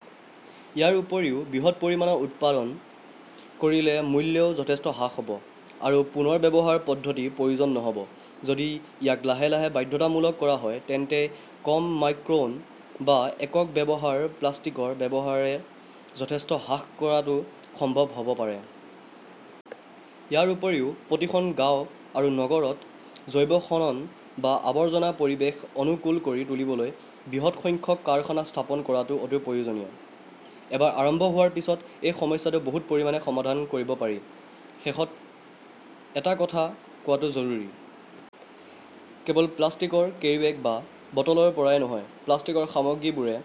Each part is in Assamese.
ইয়াৰ উপৰিও, বৃহৎ পৰিমাণত উৎপাদন কৰিলে মূল্যও যথেষ্ট হ্ৰাস হ "ব, আৰু পুনৰ্ব্যৱহাৰৰ পদ্ধতিৰ প্ৰয়োজন নহ" ব। যদি ইয়াক লাহে লাহে বাধ্যতামূলক কৰা হয় তেন্তে কম মাইক্ৰন বা 'একক ব্যৱহাৰৰ' প্লাষ্টিকৰ ব্যৱহাৰ যথেষ্ট হ্ৰাস কৰাটো সম্ভৱ হ 'ব পাৰে। ইয়াৰ উপৰিও প্ৰতিখন গাঁৱ আৰু নগৰত 'জৈৱ-খনন "বা আৱৰ্জনা পৰিৱেশ অনুকূল কৰি তুলিবলৈ বৃহৎ সংখ্যক কাৰখানা স্থাপন কৰাটো অতি প্ৰয়োজনীয়। এবাৰ আৰম্ভ হোৱাৰ পিছত এই সমস্যাটো বহু পৰিমাণে সমাধান কৰিব পাৰি। শেষত এটা কথা কোৱাটো জৰুৰী। কেৱল প্লাষ্টিকৰ কেৰিব্যাগ বা বটলৰ পৰাই নহয়, প্লাষ্টিকৰ সামগ্ৰীবোৰে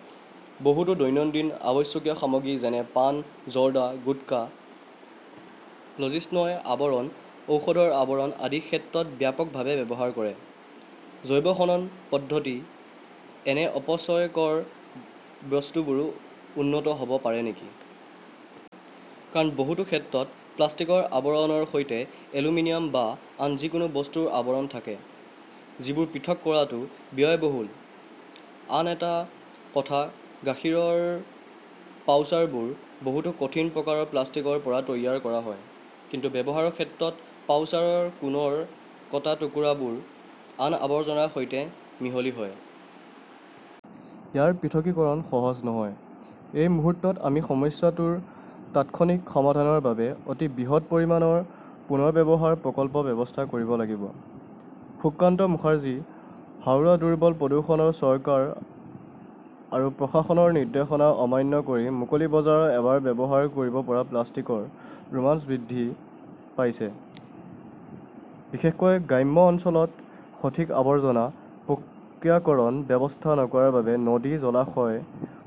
বহুতো দৈনন্দিন অত্যাৱশ্যকীয় সামগ্ৰী যেনে পান, জৰ্দা, গুটকা, লজিন্সৰ আৱৰণ, ঔষধৰ আৱৰণ আদিৰ ক্ষেত্ৰতো ব্যাপকভাৱে ব্যৱহাৰ কৰে। জৈৱ খনন পদ্ধতিত এনে অপচয়কৰ বস্তুবোৰো উন্নত হ "ব পাৰে নেকি? কাৰণ, বহুতো ক্ষেত্ৰত প্লাষ্টিকৰ আৱৰণৰ সৈতে এলুমিনিয়াম বা আন যিকোনো বস্তুৰ আৱৰণ থাকে, যিবোৰ পৃথক কৰাটো ব্যয়বহুল। আন এটা কথা-গাখীৰৰ পাউচবোৰ বহুতো কঠিন প্ৰকাৰৰ প্লাষ্টিকৰ পৰা তৈয়াৰ কৰা হয়, কিন্তু ব্যৱহাৰৰ ক্ষেত্ৰত পাউচৰ কোণৰ কটা টুকুৰাবোৰ আন আৱৰ্জনাৰ সৈতে মিহলি হয়। ইয়াৰ পৃথকীকৰণ সহজ নহয়। এই মুহূৰ্তত আমি সমস্যাটোৰ তাৎক্ষণিক সমাধানৰ বাবে অতি বৃহৎ পৰিমাণৰ পুনৰ্ব্যৱহাৰ প্ৰকল্প স্থাপন কৰিব লাগিব। সুকান্ত মুখাৰ্জী, হাওৰা দুৰ্বল প্ৰদূষণ চৰকাৰ আৰু প্ৰশাসনৰ নিৰ্দেশনা অমান্য কৰি মুকলি বজাৰত এবাৰ ব্যৱহাৰ কৰিব পৰা প্লাষ্টিকৰ ৰোমাঞ্চ বৃদ্ধি পাইছে, বিশেষকৈ গ্ৰাম্য অঞ্চলত সঠিক আৱৰ্জনা প্ৰক্ৰিয়াকৰণ ব্যৱস্থা নথকাৰ বাবে নদী, জলাশয়,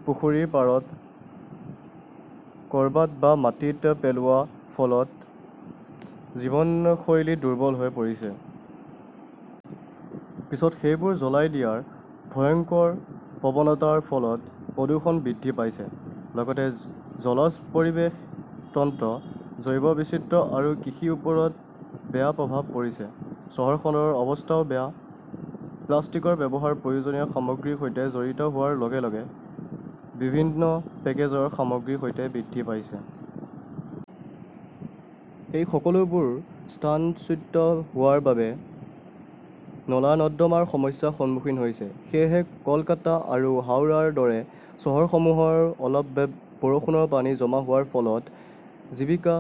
পুখুৰীৰ পাৰত, ক 'ৰবাত বা মাটিত পেলোৱাৰ ফলত জীৱনশৈলী দুৰ্বল হৈ পৰিছে। পিছত সেইবোৰ জ্বলাই দিয়াৰ ভয়ংকৰ প্ৰৱণতাৰ ফলত প্ৰদূষণ বৃদ্ধি পাইছে, লগতে জলজ পৰিৱেশ তন্ত্ৰ, জৈৱ বৈচিত্ৰ্য আৰু কৃষিৰ ওপৰত বেয়া প্ৰভাৱ পৰিছে। চহৰখনৰ অৱস্থাও বেয়া, প্লাষ্টিকৰ ব্যৱহাৰ প্ৰয়োজনীয় সামগ্ৰীৰ সৈতে জড়িত হোৱাৰ লগে লগে বিভিন্ন পেকেজৰ সামগ্ৰীৰ সৈতে বৃদ্ধি পাইছে। এই সকলোবোৰ স্থানচ্যুত হোৱাৰ বাবে নলা-নৰ্দমাও সমস্যাৰ সন্মুখীন হৈছে। সেয়েহে কলকাতা আৰু হাওৰাৰ দৰে চহৰসমূহত অলপ বৰষুণত পানী জমা হোৱাৰ ফলত জীৱিকা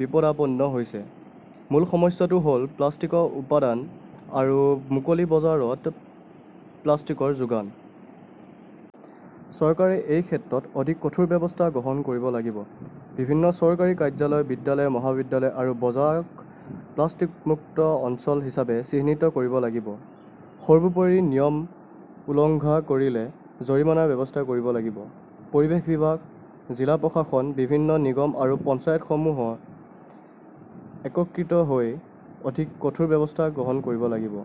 বিপদাপন্ন হৈছে। মূল সমস্যাটো হ "ল প্লাষ্টিক উৎপাদন আৰু মুকলি বজাৰত প্লাষ্টিকৰ যোগান। চৰকাৰে এই ক্ষেত্ৰত অধিক কঠোৰ ব্যৱস্থা গ্ৰহণ কৰিব লাগিব। বিভিন্ন চৰকাৰী কাৰ্যালয়, বিদ্যালয়, মহাবিদ্যালয় আৰু বজাৰক প্লাষ্টিক মুক্ত অঞ্চল হিচাপে চিহ্নিত কৰিব লাগিব। সৰ্বোপৰি, নিয়ম উলংঘা কৰিলে জৰিমনাৰ ব্যৱস্থা কৰিব লাগিব। পৰিৱেশ বিভাগ, জিলা প্ৰশাসন, বিভিন্ন নিগম আৰু পঞ্চায়তসমূহে একত্ৰিত হৈ অধিক কঠোৰ ব্যৱস্থা গ্ৰহণ কৰিব লাগিব।